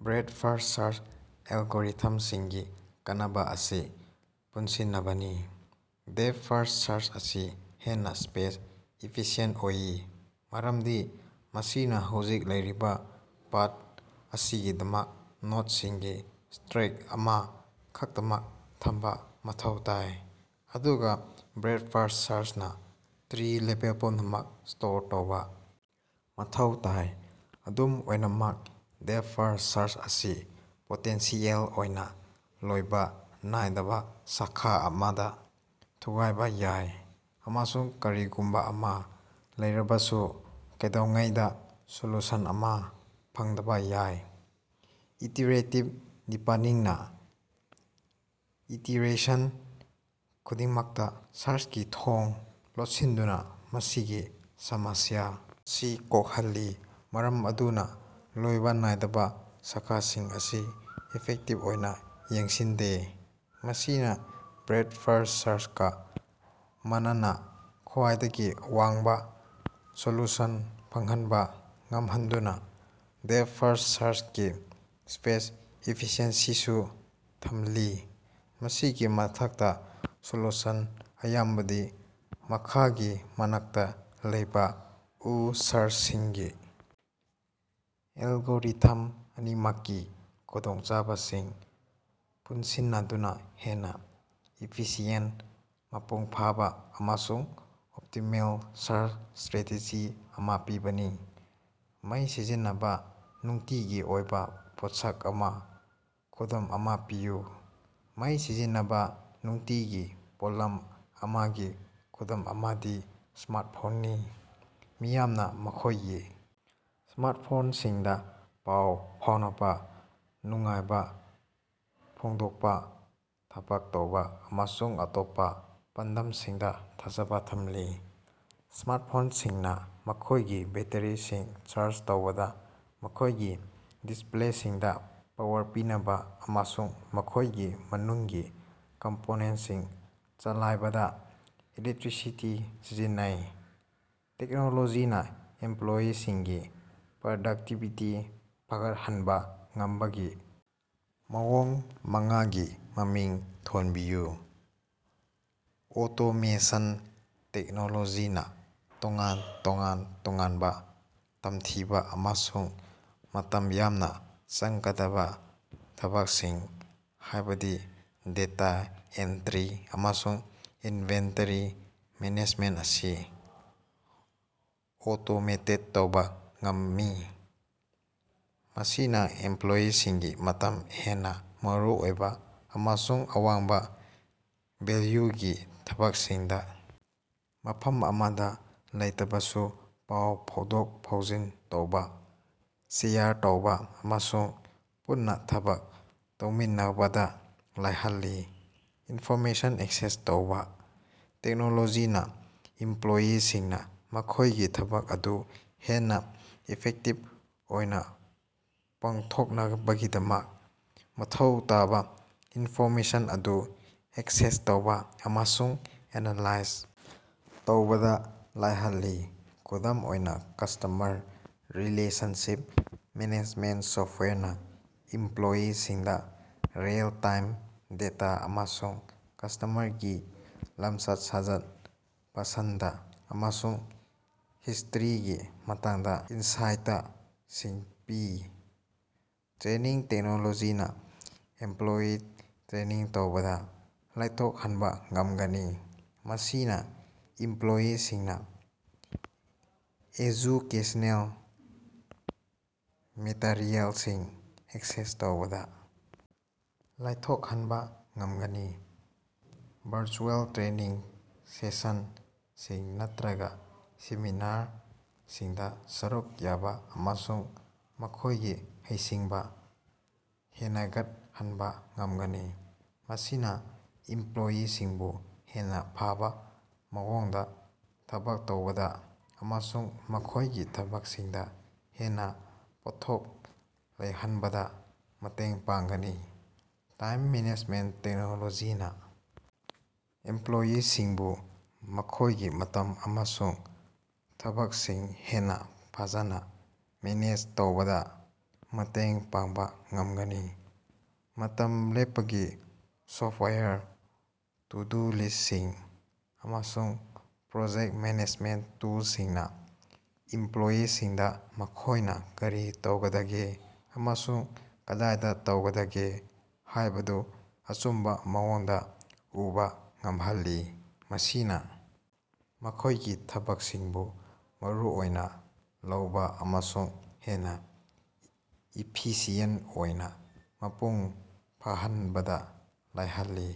Breadth-first search ꯑꯦꯜꯒꯣꯔꯤꯊꯝꯁꯤꯡꯒꯤ ꯀꯥꯟꯅꯕ ꯝꯑꯁꯤ ꯄꯨꯟꯁꯤꯟꯕꯅꯤ꯫ ꯗꯦꯞꯊ-ꯐꯔꯁ꯭ꯠ ꯁꯥꯔꯆ ꯑꯁꯤ ꯍꯦꯟꯅ ꯁ꯭ꯄꯦꯁ-ꯏꯐꯤꯁꯤꯑꯦꯟꯇ ꯑꯣꯏ ꯃꯔꯝꯗꯤ ꯃꯁꯤꯅ ꯍꯧꯖꯤꯛ ꯂꯩꯔꯤꯕ ꯄꯥꯊ ꯑꯁꯤꯒꯤꯗꯃꯛꯇ ꯅꯣꯗꯁꯤꯡꯒꯤ ꯁ꯭ꯇꯔꯦꯛ ꯑꯃ ꯈꯛꯇꯃꯛ ꯊꯝꯕ ꯃꯊꯧ ꯇꯥꯏ ꯑꯗꯨꯒ ꯕ꯭ꯔꯦꯗ-ꯐꯥꯔꯁ꯭ꯠ ꯁꯥꯔꯆꯅ ꯇ꯭ꯔꯤ ꯂꯦꯚꯦꯜ ꯄꯨꯝꯅꯃꯛ ꯁ꯭ꯇꯣꯔ ꯇꯧꯕ ꯃꯊꯧ ꯇꯥꯏ꯫ ꯑꯗꯨꯝ ꯑꯣꯏꯅꯃꯛ, ꯗꯦꯞꯊ-ꯐꯥꯔꯁ꯭ꯠ ꯁꯥꯔꯆ ꯑꯁꯤ ꯄꯣꯇꯦꯟꯁꯤꯌꯦꯜ ꯑꯣꯏꯅ ꯂꯣꯏꯕ ꯅꯥꯏꯗꯕ ꯁꯥꯈꯥ ꯑꯃꯗ ꯊꯨꯒꯥꯏꯕ ꯌꯥꯏ ꯑꯃꯁꯨꯡ ꯀꯔꯤꯒꯨꯝꯕ ꯑꯃ ꯂꯩꯔꯕꯁꯨ ꯀꯩꯗꯧꯉꯩꯗ ꯁꯣꯂꯨꯁꯟ ꯑꯃ ꯐꯪꯗꯕ ꯌꯥꯏ꯫ ꯏꯇꯤꯔꯦꯇꯤꯚ ꯗꯤꯄꯅꯤꯡꯅ ꯏꯇꯤꯔꯦꯁꯟ ꯈꯨꯗꯤꯡꯃꯛꯇ ꯁꯥꯔꯆꯀꯤ ꯊꯣꯡ ꯂꯣꯠꯁꯤꯟꯗꯨꯅ ꯃꯁꯤꯒꯤ ꯁꯃꯁ꯭ꯌꯥ ꯑꯁꯤ ꯀꯣꯛꯍꯜꯂꯤ, ꯃꯔꯝ ꯑꯗꯨꯅ ꯂꯣꯏꯕ ꯅꯥꯏꯗꯕ ꯁꯥꯈꯥꯁꯤꯡ ꯑꯁꯤ ꯏꯐꯦꯛꯇꯤꯚ ꯑꯣꯏꯅ ꯌꯦꯡꯁꯤꯟꯗꯦ꯫ ꯃꯁꯤꯅꯥ ꯕ꯭ꯔꯦꯗ-ꯐꯥꯔꯁ꯭ꯠ ꯁꯥꯔꯆꯀ ꯃꯥꯟꯅꯅ ꯈ꯭ꯋꯥꯏꯗꯒꯤ ꯋꯥꯡꯕ ꯁꯣꯂꯨꯁꯟ ꯐꯪꯍꯟꯕ ꯉꯝꯍꯟꯗꯨꯅ ꯗꯦꯞꯊ-ꯐꯥꯔꯁ꯭ꯠ ꯁꯥꯔꯆꯀꯤ ꯁ꯭ꯄꯦꯁ-ꯏꯐꯤꯁꯤꯑꯦꯟꯁꯤꯁꯨ ꯊꯝꯂꯤ꯫ ꯃꯁꯤꯒꯤ ꯃꯊꯛꯇ, ꯁꯣꯂꯨꯁꯟ ꯑꯌꯥꯝꯕꯗꯤ ꯃꯈꯥꯒꯤ ꯃꯅꯥꯛꯇ ꯂꯩꯕ ꯎ ꯁꯥꯔꯆꯁꯤꯡꯒꯤ ꯑꯦꯜꯒꯣꯔꯤꯊꯝ ꯑꯅꯤꯃꯛꯀꯤ ꯈꯨꯗꯣꯡꯆꯥꯕꯁꯤꯡ ꯄꯨꯟꯁꯤꯟꯅꯗꯨꯅ ꯍꯦꯟꯅ ꯏꯐꯤꯁꯤꯌꯦꯟꯇ, ꯃꯄꯨꯡ ꯐꯥꯕ ꯑꯃꯁꯨꯡ ꯑꯣꯞꯇꯤꯃꯦꯜ ꯁꯥꯔꯆ ꯁ꯭ꯇꯔꯦꯇꯦꯖꯤ ꯑꯃ ꯄꯤꯕꯅꯤ꯫ ꯃꯩ ꯁꯤꯖꯤꯟꯅꯕ ꯅꯨꯡꯇꯤꯒꯤ ꯑꯣꯏꯕ ꯄꯣꯠꯁꯛ ꯑꯃꯒꯤ ꯈꯨꯗꯝ ꯑꯃ ꯄꯤꯌꯨ꯫ ꯃꯩ ꯁꯤꯖꯤꯟꯅꯕ ꯅꯨꯡꯇꯤꯒꯤ ꯄꯣꯠꯂꯝ ꯑꯃꯒꯤ ꯈꯨꯗꯝ ꯑꯃꯗꯤ ꯁ꯭ꯃꯥꯔꯠꯐꯣꯟꯅꯤ꯫ ꯃꯤꯌꯥꯝꯅ ꯃꯈꯣꯏꯒꯤ ꯁ꯭ꯃꯥꯔꯠꯐꯣꯟꯁꯤꯡꯗ ꯄꯥꯎ ꯐꯥꯎꯅꯕ, ꯅꯨꯡꯉꯥꯏꯕ ꯐꯣꯡꯗꯣꯛꯄ, ꯊꯕꯛ ꯇꯧꯕ ꯑꯃꯁꯨꯡ ꯑꯇꯣꯞꯄ ꯄꯥꯟꯗꯝꯁꯤꯡꯗ ꯊꯥꯖꯕ ꯊꯝꯂꯤ꯫ ꯁ꯭ꯃꯥꯔꯠꯐꯣꯟꯁꯤꯡꯅ ꯃꯈꯣꯏꯒꯤ ꯕꯦꯠꯇꯔꯤꯁꯤꯡ ꯆꯥꯔꯖ ꯇꯧꯕꯗ, ꯃꯈꯣꯢꯒꯤ ꯗꯤꯁꯄ꯭ꯂꯦꯁꯤꯡꯗ ꯄꯥꯋꯔ ꯄꯤꯅꯕ ꯑꯃꯁꯨꯡ ꯃꯈꯣꯢꯒꯤ ꯃꯅꯨꯡꯒꯤ ꯀꯝꯄꯣꯅꯦꯟꯇꯁꯤꯡ ꯆꯂꯥꯏꯕꯗ ꯏꯂꯦꯛꯇ꯭ꯔꯤꯁꯤꯇꯤ ꯁꯤꯖꯤꯟꯅꯩ꯫ ꯇꯦꯛꯅꯣꯂꯣꯖꯤꯅ ꯑꯦꯝꯄ꯭ꯂꯣꯌꯤꯁꯤꯡꯒꯤ ꯄ꯭ꯔꯗꯛꯇꯤꯕꯤꯇꯤ ꯐꯒꯠꯍꯟꯕ ꯉꯝꯕꯒꯤ ꯃꯑꯣꯡ ꯃꯉꯥꯒꯤ ꯃꯃꯤꯡ ꯊꯣꯟꯕꯤꯌꯨ꯫ ꯑꯣꯇꯣꯃꯦꯁꯟ: ꯇꯦꯛꯅꯣꯂꯣꯖꯤꯅ ꯇꯣꯉꯥꯟ ꯇꯣꯉꯥꯟ-ꯇꯣꯉꯥꯟꯕ ꯇꯝꯊꯤꯕ ꯑꯃꯁꯨꯡ ꯃꯇꯝ ꯌꯥꯝꯅ ꯆꯪꯒꯗꯕ ꯊꯕꯛꯁꯤꯡ, ꯍꯥꯏꯕꯗꯤ ꯗꯦꯇꯥ ꯑꯦꯟꯇ꯭ꯔꯤ ꯑꯃꯁꯨꯡ ꯏꯟꯚꯦꯟꯇꯔꯤ ꯃꯦꯅꯦꯖꯃꯦꯟꯇ ꯑꯁꯤ ꯑꯣꯇꯣꯃꯦꯇꯦꯗ ꯇꯧꯕ ꯉꯝꯃꯤ, ꯃꯁꯤꯅ ꯑꯦꯝꯄ꯭ꯂꯣꯌꯤꯁꯤꯡꯒꯤ ꯃꯇꯝ ꯍꯦꯟꯅ ꯃꯔꯨꯑꯣꯏꯕ ꯑꯃꯁꯨꯡ ꯑꯋꯥꯡꯕ ꯚꯦꯜꯌꯨꯒꯤ ꯊꯕꯛꯁꯤꯡꯗ ꯃꯐꯝ ꯑꯃꯗ ꯂꯩꯇꯕꯁꯨ ꯄꯥꯎ ꯐꯥꯎꯗꯣꯛ-ꯐꯥꯎꯖꯤꯟ ꯇꯧꯕ, ꯁꯦꯌꯔ ꯇꯧꯕ ꯑꯃꯁꯨꯡ ꯄꯨꯟꯅ ꯊꯕꯛ ꯇꯧꯃꯤꯟꯅꯕꯗ ꯂꯥꯏꯍꯜꯂꯤ꯫ ꯏꯟꯐꯣꯔꯃꯦꯁꯟ ꯑꯦꯛꯁꯦꯁ ꯇꯧꯕ: ꯇꯦꯛꯅꯣꯂꯣꯖꯤꯅ ꯏꯝꯄ꯭ꯂꯣꯌꯤꯁꯤꯡꯅ ꯃꯈꯣꯏꯒꯤ ꯊꯕꯛ ꯑꯗꯨ ꯍꯦꯟꯅ ꯏꯐꯦꯛꯇꯤꯚ ꯑꯣꯏꯅ ꯄꯥꯡꯊꯣꯛꯅꯕꯒꯤꯗꯃꯛ ꯃꯊꯧ ꯇꯥꯕ ꯏꯟꯐꯣꯔꯃꯦꯁꯟ ꯑꯗꯨ ꯑꯦꯛꯁꯦꯁ ꯇꯧꯕ ꯑꯃꯁꯨꯡ ꯑꯦꯅꯥꯂꯥꯏꯖ ꯇꯧꯕꯗ ꯂꯥꯏꯍꯜꯂꯤ꯫ ꯈꯨꯗꯝ ꯑꯣꯏꯅ, ꯀꯁꯇꯃꯔ ꯔꯤꯂꯦꯁꯟꯁꯤꯞ ꯃꯦꯅꯦꯖꯃꯦꯟꯇ ꯁꯣꯐꯇꯋꯥꯌꯔꯅ ꯏꯝꯄ꯭ꯂꯣꯌꯤꯁꯤꯡꯗ ꯔꯤꯑꯦꯜ-ꯇꯥꯏꯝ ꯗꯦꯇꯥ ꯑꯃꯁꯨꯡ ꯀꯁꯇꯃꯔꯒꯤ ꯂꯝꯆꯠ-ꯁꯥꯖꯠ, ꯄꯁꯟꯗ ꯑꯃꯁꯨꯡ ꯍꯤꯁꯇ꯭ꯔꯤꯒꯤ ꯃꯇꯥꯡꯗ ꯏꯟꯁꯥꯏꯇꯁꯤꯡ ꯄꯤ꯫ ꯇ꯭ꯔꯦꯅꯤꯡ: ꯇꯦꯛꯅꯣꯂꯣꯖꯤꯅ ꯏꯝꯄ꯭ꯂꯣꯌꯤ ꯇ꯭ꯔꯦꯅꯤꯡ ꯇꯧꯕꯗ ꯂꯥꯏꯊꯣꯛꯍꯟꯕ ꯉꯝꯒꯅꯤ, ꯃꯁꯤꯅ ꯏꯝꯄ꯭ꯂꯣꯌꯤꯁꯤꯡꯅ ꯑꯦꯖꯨꯀꯦꯁꯅꯦꯜ ꯃꯦꯇꯔꯤꯑꯦꯜꯁꯤꯡ ꯑꯦꯛꯁꯦꯁ ꯇꯧꯕꯗ ꯂꯥꯏꯊꯣꯛꯍꯟꯕ ꯉꯝꯒꯅꯤ, ꯚꯔꯆꯨꯑꯦꯜ ꯇ꯭ꯔꯦꯅꯤꯡ ꯁꯦꯁꯟꯁꯤꯡ ꯅꯠꯇ꯭ꯔꯒ ꯁꯦꯃꯤꯅꯥꯔꯁꯤꯡꯗ ꯁꯔꯨꯛ ꯌꯥꯕ ꯑꯃꯁꯨꯡ ꯃꯈꯣꯏꯒꯤ ꯍꯩꯁꯤꯡꯕ ꯍꯦꯅꯒꯠꯍꯟꯕ ꯉꯝꯒꯅꯤ ꯫ ꯃꯁꯤꯅ ꯏꯝꯄ꯭ꯂꯣꯌꯤꯁꯤꯡꯕꯨ ꯍꯦꯟꯅ ꯐꯕ ꯃꯑꯣꯡꯗ ꯊꯕꯛ ꯇꯧꯕꯗ ꯑꯃꯁꯨꯡ ꯃꯈꯣꯢꯒꯤ ꯊꯕꯛꯁꯤꯡꯗ ꯍꯦꯟꯅ ꯄꯣꯠꯊꯣꯛ ꯂꯩꯍꯟꯕꯗ ꯃꯇꯦꯡ ꯄꯥꯡꯒꯅꯤ꯫ ꯇꯥꯏꯝ ꯃꯦꯅꯦꯖꯃꯦꯟꯇ: ꯇꯦꯛꯅꯣꯂꯣꯖꯤꯅ ꯏꯝꯄ꯭ꯂꯣꯌꯤꯁꯤꯡꯕꯨ ꯃꯈꯣꯏꯒꯤ ꯃꯇꯝ ꯑꯃꯁꯨꯡ ꯊꯕꯛꯁꯤꯡ ꯍꯦꯟꯅ ꯐꯖꯅ ꯃꯦꯅꯦꯖ ꯇꯧꯕꯗ ꯃꯇꯦꯡ ꯄꯥꯡꯕ ꯉꯝꯒꯅꯤ꯫ ꯃꯇꯝ ꯂꯦꯞꯄꯒꯤ ꯁꯣꯐꯇꯋꯥꯌꯔ, ꯇꯨ-ꯗꯨ-ꯂꯤꯁ꯭ꯇꯁꯤꯡ ꯑꯃꯁꯨꯡ ꯄ꯭ꯔꯣꯖꯦꯛꯇ ꯃꯦꯅꯦꯖꯃꯦꯟꯇ ꯇꯨꯜꯁꯤꯡꯅ ꯏꯝꯄ꯭ꯂꯣꯌꯤꯁꯤꯡꯗ ꯃꯈꯣꯏꯅ ꯀꯔꯤ ꯇꯧꯒꯗꯒꯦ ꯑꯃꯁꯨꯡ ꯀꯗꯥꯏꯗ ꯇꯧꯒꯗꯒꯦ ꯍꯥꯏꯕꯗꯨ ꯑꯆꯨꯝꯕ ꯃꯑꯣꯡꯗ ꯎꯕ ꯉꯝꯍꯜꯂꯤ, ꯃꯁꯤꯅ ꯃꯈꯣꯏꯒꯤ ꯊꯕꯛꯁꯤꯡꯕꯨ ꯃꯔꯨꯑꯣꯏꯅ ꯂꯧꯕ ꯑꯃꯁꯨꯡ ꯍꯦꯟꯅ ꯏꯐꯤꯁꯤꯑꯦꯟꯇ ꯑꯣꯏꯅ ꯃꯄꯨꯡ ꯐꯥꯍꯟꯕꯗ ꯂꯥꯏꯍꯜꯂꯤ꯫